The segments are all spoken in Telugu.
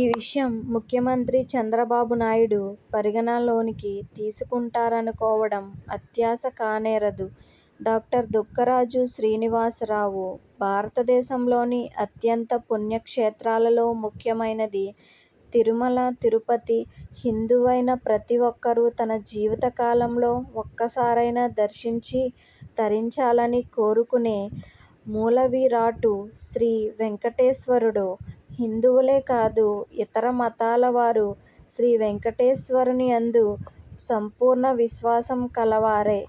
ఈ విషయం ముఖ్యమంత్రి చంద్రబాబు నాయుడు పరిగనాలోనికి తీసుకుంటారనుకోవటం అత్యాశ కానేరదు. డాక్టర్ దుగ్గరాజు శ్రీనివాసరావు భారతదేశంలోని అత్యంత పుణ్యక్షేత్రాలలో ముఖ్యమైనది తిరుమల– తిరుపతి. హిందువైన ప్రతి ఒక్కరూ తన జీవిత కాలంలో ఒక్కసారైనా దర్శించి, తరించాలని కోరుకునే మూలవిరాట్టు శ్రీ వేంకటేశ్వరుడు. హిందువులే కాదు ఇతర మతాలవారు శ్రీ వేంకటేశ్వరునియందు సంపూర్ణ విశ్వాసం కలవారే.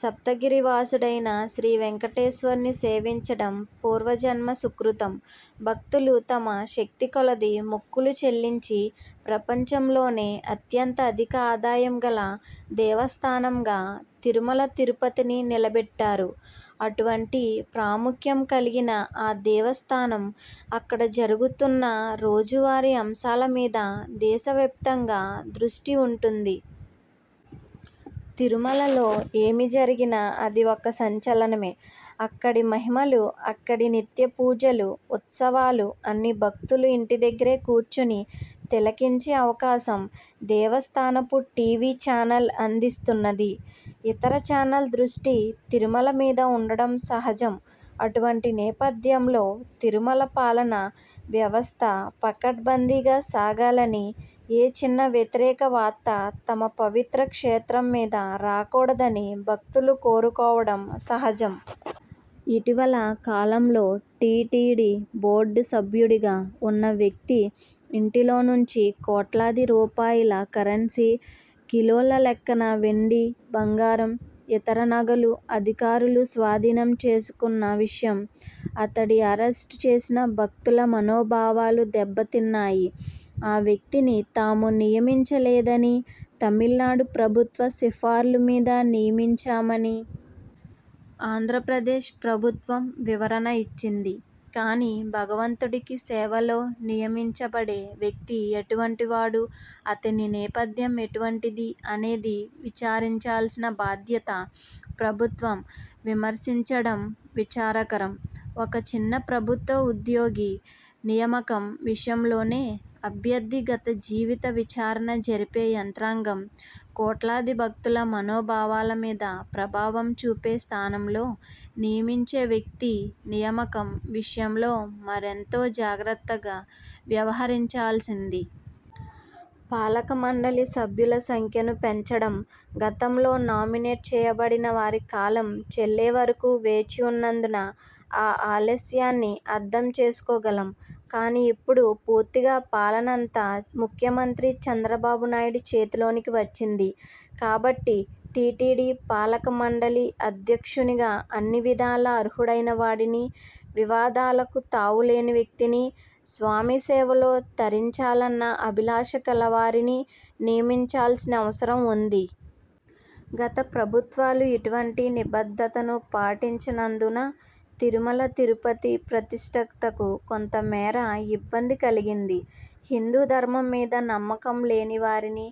సప్తగిరి వాసుడైన శ్రీ వేంకటేశ్వరుని సేవించటం పూర్వజన్మ సుకృతం. భక్తులు తమ శక్తి కొలది మొక్కులు చెల్లించి ప్రపంచంలోనే అత్యంత అధిక ఆదాయం గల దేవస్థానంగా తిరుమల తిరుపతిని నిలబెట్టారు. అటువంటి ప్రాముఖ్యం కలిగిన ఆ దేవస్థానం, అక్కడ జరుగుతున్న రోజువారీ అంశాల మీద దేశవ్యప్తంగా దృష్టి వుంటుంది. తిరుమలలో ఏమి జరిగినా అది ఒక సంచలనమే. అక్కడి మహిమలు, అక్కడి నిత్య పూజలు, ఉత్సవాలు అన్నీ భక్తులు ఇంటిదగ్గరే కూర్చుని తిలకించే అవకాశం దేవస్థానపు టి. వి. ఛానల్ అందిస్తున్నది. ఇతర ఛానల్ దృష్టి తిరుమల మీద వుండటం సహజం. అటువంటి నేపథ్యంలో తిరుమల పాలన వ్యవస్థ పకడ్బందీగా సాగాలని, ఏ చిన్న వ్యతిరేక వార్తా తమ పవిత్ర క్షేత్రం మీద రాకూడదని భక్తులు కోరుకోవడం సహజం. ఇటీవల కాలంలో టీటీడీ బోర్డు సభ్యుడిగా వున్న వ్యక్తి ఇంటిలో నుంచి కోట్లాది రూపాయల కరెన్సీ, కిలోల లెక్కన వెండి, బంగారం, ఇతర నగలు అధికారులు స్వాధీనం చేసుకున్న విషయం, అతడి అరెస్టు చూసిన భక్తుల మనోభావాలు దెబ్బతిన్నాయి. ఆ వ్యక్తిని తాము నియమించలేదని, తమిళనాడు ప్రభుత్వ సిఫార్లు మీద నియమించామని। ఆంధ్రప్రదేశ్ ప్రభుత్వం వివరణ ఇచ్చింది. కానీ భగవంతుడికి సేవలో నియమించబడే వ్యక్తి ఎటువంటి వాడు, అతని నేపథ్యం ఎటువంటిది అనేది విచారించాల్సిన బాధ్యత ప్రభుత్వం విమర్శించడం విచారకరం. ఒక చిన్న ప్రభుత్వ ఉద్యోగి నియమకం విషయంలోనే అభ్యర్థి గత జీవిత విచారణ జరిపే యంత్రాంగం, కోట్లాది భక్తుల మనోభావాల మీద ప్రభావం చూపే స్థానంలో నియమించే వ్యక్తి నియమకం విషయంలో మరెంతో జాగ్రత్తగా వ్యవహరించాల్సింది. పాలకమండలి సభ్యుల సంఖ్యను పెంచటం, గతంలో నామినేట్ చెయ్యబడిన వారి కాలం చెల్లేవరకు వేచి వున్నందున ఆ ఆలస్యాన్ని అర్థం చేసుకోగలం. కానీ ఇప్పుడు పూర్తిగ పాలన అంతా ముఖ్యమంత్రి చంద్రబాబు నాయుడు చేతిలోనికి వచ్చింది. కాబట్టి టీటీడీ పాలకమండలి అధ్యక్షునిగా అన్నివిధాల అర్హుడైన వాడిని, వివాదాలకు తావులేని వ్యక్తిని, స్వామి సేవలో తరించాలన్న అభిలాష కలవారిని నియమించాల్సిన అవసరం ఉంది. గత ప్రభుత్వాలు ఇటువంటి నిబద్ధతను పాటించనందున తిరుమల తిరుపతి ప్రతిష్ఠతకు కొంతమేర ఇబ్బంది కలిగింది. హిందూ ధర్మం మీద నమ్మకం లేనివారిని,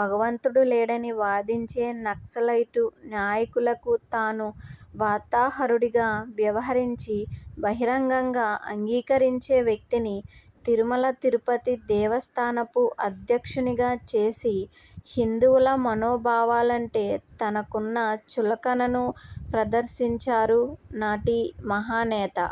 భగవంతుడు లేడని వాదించే నక్సలైటు నాయకులకు తాను వార్తాహరుడిగా వ్యవహరించి బహిరంగంగా అంగీకరించే వ్యక్తిని తిరుమల తిరుపతి దేవస్థానపు అధ్యక్షునిగా చేసి హిందువుల మనోభావాలంటే తనకున్న చులకనను ప్రదర్శించారు నాటి 'మహానేత'.